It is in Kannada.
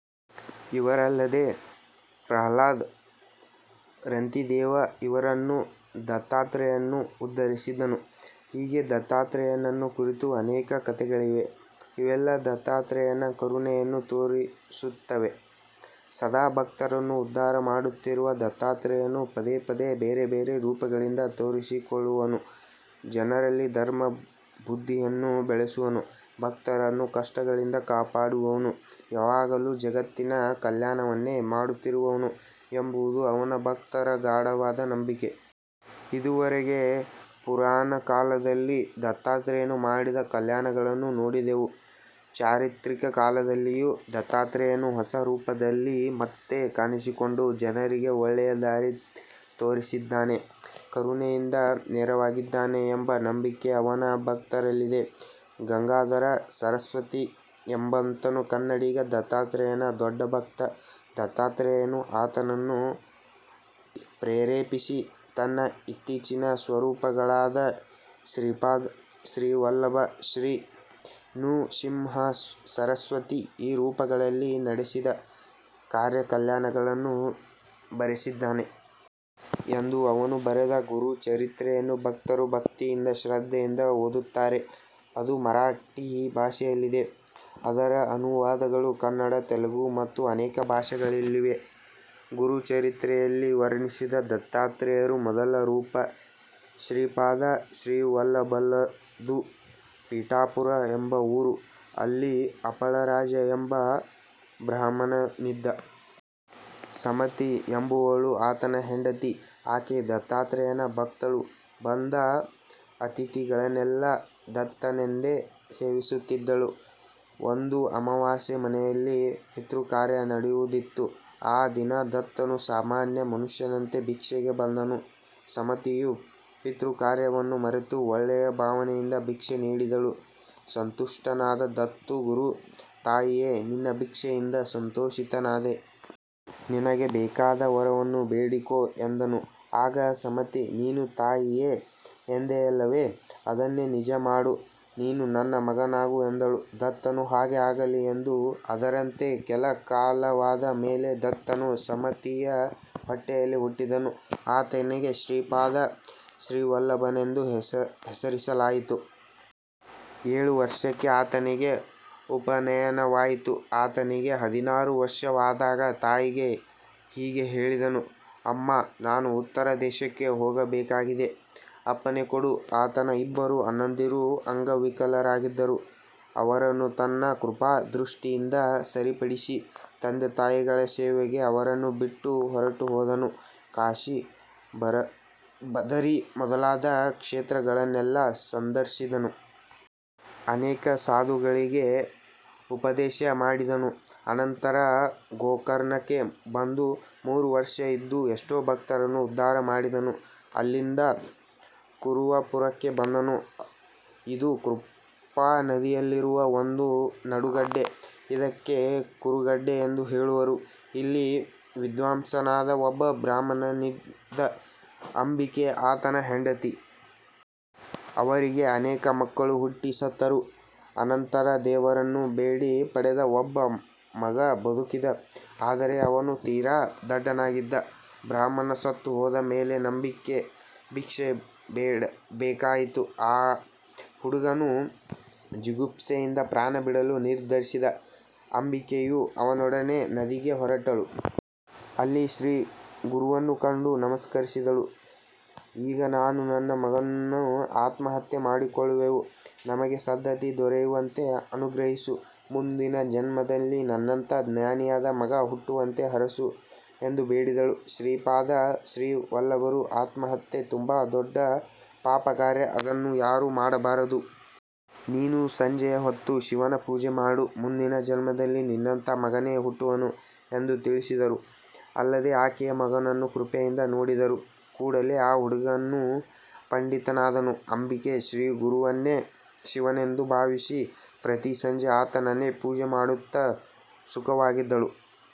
ಇವರಲ್ಲದೆ ಪ್ರಹ್ಲಾದ, ರಂತಿದೇವ ಇವರನ್ನೂ ದತ್ತಾತ್ರೇಯನು ಉದ್ಧರಿಸಿದನು. ಹೀಗೆ ದತ್ತಾತ್ರೇಯನನ್ನು ಕುರಿತು ಅನೇಕ ಕಥೆಗಳಿವೆ. ಇವೆಲ್ಲಾ ದತ್ತಾತ್ರೇಯನ ಕರುಣೆಯನ್ನು ತೋರಿಸುತ್ತವೆ. ಸದಾ ಭಕ್ತರನ್ನು ಉದ್ಧಾರ ಮಾಡುತ್ತಿರುವ ದತ್ತಾತ್ರೇಯನು ಪದೇ ಪದೇ ಬೇರೆಬೇರೆ ರೂಪಗಳಿಂದ ತೋರಿಸಿಕೊಳ್ಳುವನು, ಜನರಲ್ಲಿ ಧರ್ಮ ಬುದ್ಧಿಯನ್ನು ಬೆಳೆಸುವನು, ಭಕ್ತರನ್ನು ಕಷ್ಟಗಳಿಂದ ಕಾಪಾಡುವವನು, ಯಾವಾಗಲೂ ಜಗತ್ತಿನ ಕಲ್ಯಾಣವನ್ನೇ ಮಾಡುತ್ತಿರುವವನು ಎಂಬುದು ಅವನ ಭಕ್ತರ ಗಾಢವಾದ ನಂಬಿಕೆ. ಇದುವರೆಗೆ ಪುರಾಣಕಾಲದಲ್ಲಿ ದತ್ತಾತ್ರೇಯನು ಮಾಡಿದ ಕಲ್ಯಾಣಗಳನ್ನು ನೋಡಿದೆವು. ಚಾರಿತ್ರಿಕ ಕಾಲದಲ್ಲಿಯೂ ದತ್ತಾತ್ರೇಯನು ಹೊಸ ರೂಪಗಳಲ್ಲಿ ಮತ್ತೆ ಕಾಣಿಸಿಕೊಂಡು, ಜನರಿಗೆ ಒಳ್ಳೆಯ ದಾರಿ ತೋರಿಸಿದ್ದಾನೆ, ಕರುಣೆಯಿಂದ ನೆರವಾಗಿದ್ದಾನೆ ಎಂಬ ನಂಬಿಕೆ ಅವನ ಭಕ್ತರಲ್ಲಿದೆ. ಗಂಗಾಧರ ಸರಸ್ವತಿ ಎಂಬಾತನು ಕನ್ನಡಿಗ, ದತ್ತಾತ್ರೇಯನ ದೊಡ್ಡ ಭಕ್ತ. ದತ್ತಾತ್ರೇಯನು ಆತನನ್ನು ಪ್ರೇರೇಪಿಸಿ, ತನ್ನ ಇತ್ತೀಚಿನ ಸ್ವರೂಪಗಳಾದ ಶ್ರೀಪಾದ ಶ್ರೀವಲ್ಲಭ, ಶ್ರೀ ನೃಸಿಂಹಸರಸ್ವತಿ – ಈ ರೂಪಗಳಲ್ಲಿ ನಡೆಸಿದ ಕಾರ್ಯಕಲ್ಯಾಣಗಳನ್ನು ಬರೆಸಿದ್ದಾನೆ. ಎಂದು ಅವನು ಬರೆದ 'ಗುರು ಚರಿತ್ರೆ'ಯನ್ನು ಭಕ್ತರು ಭಕ್ತಿಯಿಂದ, ಶ್ರದ್ಧೆಯಿಂದ ಓದುತ್ತಾರೆ. ಅದು ಮರಾಠಿ ಭಾಷೆಯಲ್ಲಿದೆ. ಅದರ ಅನುವಾದಗಳು ಕನ್ನಡ, ತೆಲುಗು ಮತ್ತು ಅನೇಕ ಭಾಷೆಗಳಲ್ಲಿವೆ. ಗುರುಚರಿತ್ರೆಯಲ್ಲಿ ವರ್ಣಿಸಿದ ದತ್ತಾತ್ರೇಯರ ಮೊದಲ ರೂಪ ಶ್ರೀಪಾದ ಶ್ರೀವಲ್ಲಭರದು. ಪೀಠಾಪುರ ಎಂಬ ಊರು. ಅಲ್ಲಿ ಅಪಳರಾಜ ಎಂಬ ಬ್ರಾಹ್ಮಣನಿದ್ದ. ಸುಮತಿ ಎಂಬುವಳು ಆತನ ಹೆಂಡತಿ. ಈಕೆ ದತ್ತಾತ್ರೇಯನ ಭಕ್ತಳು. ಬಂದ ಅತಿಥಿಗಳನ್ನೆಲ್ಲ ದತ್ತನೆಂದೇ ಸೇವಿಸುತ್ತಿದ್ದಳು. ಒಂದು ಅಮಾವಾಸ್ಯೆ. ಮನೆಯಲ್ಲಿ ಪಿತೃಕಾರ್ಯ ನಡೆಯುವುದಿತ್ತು. ಆ ದಿನ ದತ್ತನು ಸಾಮಾನ್ಯ ಮನುಷ್ಯನಂತೆ ಭಿಕ್ಷೆಗೆ ಬಂದನು. ಸುಮತಿಯು ಪಿತೃಕಾರ್ಯವನ್ನೂ ಮರೆತು, ಒಳ್ಳೆಯ ಭಾವನೆಯಿಂದ ಭಿಕ್ಷೆ ನೀಡಿದಳು. ಸಂತುಷ್ಠನಾದ ದತ್ತುಗುರು, "ತಾಯಿಯೇ, ನಿನ್ನ ಭಿಕ್ಷೆಯಿಂದ ಸಂತೋಷಿತನಾದೆ. ನಿನಗೆ ಬೇಕಾದ ವರವನ್ನು ಬೇಡಿಕೋ" ಎಂದನು. ಆಗ ಸುಮತಿ "ನೀನು ತಾಯಿಯೇ ಎಂದೆಯಲ್ಲವೆ? ಅದನ್ನೇ ನಿಜ ಮಾಡು. ನೀನು ನನ್ನ ಮಗನಾಗು" ಎಂದಳು. ದತ್ತನು ಹಾಗೇ ಆಗಲಿ ಎಂದನು. ಅದರಂತೆ ಕೆಲ ಕಾಲವಾದ ಮೇಲೆ ದತ್ತನು ಸುಮತಿಯ ಹೊಟ್ಟೆಯಲ್ಲಿ ಹುಟ್ಟಿದನು. ಆತನಿಗೆ ಶ್ರೀಪಾದ ಶ್ರೀವಲ್ಲಭನೆಂದು ಹೆಸರಿಸಲಾಯಿತು. ಏಳು ವರ್ಷಕ್ಕೆ ಆತನಿಗೆ ಉಪನಯನವಾಯಿತು. ಆತನಿಗೆ ಹದಿನಾರು ವರ್ಷವಾದಾಗ ತಾಯಿಗೆ ಹೀಗೆ ಹೇಳಿದನು; "ಅಮ್ಮಾ, ನಾನು ಉತ್ತರ ದೇಶಕ್ಕೆ ಹೋಗಬೇಕಾಗಿದೆ. ಅಪ್ಪಣೆ ಕೊಡು. " ಆತನ ಇಬ್ಬರು ಅಣ್ಣಂದಿರು ಅಂಗವಿಕಲರಾಗಿದ್ದರು. ಅವರನ್ನು ತನ್ನ ಕೃಪಾ ದೃಷ್ಟಿಯಿಂದ ಸರಿಪಡಿಸಿ, ತಂದೆತಾಯಿಗಳ ಸೇವೆಗೆ ಅವರನ್ನು ಬಿಟ್ಟು, ಹೊರಟುಹೋದನು. ಕಾಶಿ, ಬದರಿ ಮೊದಲಾದ ಕ್ಷೇತ್ರಗಳನ್ನೆಲ್ಲ ಸಂದರ್ಶಿಸಿದನು. ಅನೇಕ ಸಾಧುಗಳಿಗೆ ಉಪದೇಶ ಮಾಡಿದನು. ಅನಂತರ ಗೋಕರ್ಣಕ್ಕೆ ಬಂದು, ಮೂರು ವರ್ಷ ಇದ್ದು ಎಷ್ಟೋ ಭಕ್ತರನ್ನು ಉದ್ಧಾರ ಮಾಡಿದನು. ಅಲ್ಲಿಂದ ಕುರುವಪುರಕ್ಕೆ ಬಂದನು. ಇದು ಕೃಷ್ಣಾ ನದಿಯಲ್ಲಿರುವ ಒಂದು ನಡುಗಡ್ಡೆ. ಇದಕ್ಕೆ ಕುರುಗಡ್ಡೆ ಎಂದೂ ಹೇಳುವರು. ಇಲ್ಲಿ ವಿದ್ವಾಂಸನಾದ ಒಬ್ಬ ಬ್ರಾಹ್ಮಣನಿದ್ದ. ಅಂಬಿಕೆ ಆತನ ಹೆಂಡತಿ. ಅವರಿಗೆ ಅನೇಕ ಮಕ್ಕಳು ಹುಟ್ಟಿ ಸತ್ತರು. ಅನಂತರ ದೇವರನ್ನು ಬೇಡಿ ಪಡೆದ ಒಬ್ಬ ಮಗ ಬದುಕಿದ. ಆದರೆ ಅವನು ತೀರಾ ದಡ್ಡನಾಗಿದ್ದ.. ಬ್ರಾಹ್ಮಣ ಸತ್ತು ಹೋದ ಮೇಲೆ ಅಂಬಿಕೆ ಭಿಕ್ಷೆ ಬೇಡಬೇಕಾಯಿತು. ಆ ಹುಡುಗನು ಜಿಗುಪ್ಸೆಯಿಂದ ಪ್ರಾಣ ಬಿಡಲು ನಿರ್ಧರಿಸಿದ. ಅಂಬಿಕೆಯೂ ಅವನೊಡನೆ ನದಿಗೆ ಹೊರಟಳು. ಅಲ್ಲಿ ಶ್ರೀ ಗುರುವನ್ನು ಕಂಡು ನಮಸ್ಕರಿಸಿದಳು. "ಈಗ ನಾನೂ ನನ್ನ ಮಗನೂ ಆತ್ಮಹತ್ಯೆ ಮಾಡಿಕೊಳ್ಳುವೆವು. ನಮಗೆ ಸದ್ಗತಿ ದೊರೆಯುವಂತೆ ಅನುಗ್ರಹಿಸು. ಮುಂದಿನ ಜನ್ಮದಲ್ಲಿ ನಿನ್ನಂಥಾ ಜ್ಞಾನಿಯಾದ ಮಗ ಹುಟ್ಟುವಂತೆ ಹರಸು" ಎಂದು ಬೇಡಿದಳು. ಶ್ರೀಪಾದ ಶ್ರೀವಲ್ಲಭರು "ಆತ್ಮಹತ್ಯೆ ತುಂಬಾ ದೊಡ್ಡ ಪಾಪಕಾರ್ಯ. ಅದನ್ನು ಯಾರೂ ಮಾಡಬಾರದು. ನೀನು ಸಂಜೆಯ ಹೊತ್ತು ಶಿವನ ಪೂಜೆ ಮಾಡು. ಮುಂದಿನ ಜನ್ಮದಲ್ಲಿ ನನ್ನಂಥಾ ಮಗನೇ ಹುಟ್ಟುವನು" ಎಂದು ತಿಳಿಸಿದರು. ಅಲ್ಲದೆ ಆಕೆಯ ಮಗನನ್ನು ಕೃಪೆಯಿಂದ ನೋಡಿದರು. ಕೂಡಲೇ ಆ ಹುಡುಗನು ಪಂಡಿತನಾದನು. ಅಂಬಿಕೆ ಶ್ರೀಗುರುವನ್ನೇ ಶಿವನೆಂದು ಭಾವಿಸಿ, ಪ್ರತಿ ಸಂಜೆ ಆತನನ್ನೇ ಪೂಜೆ ಮಾಡುತ್ತ ಸುಖವಾಗಿದ್ದಳು.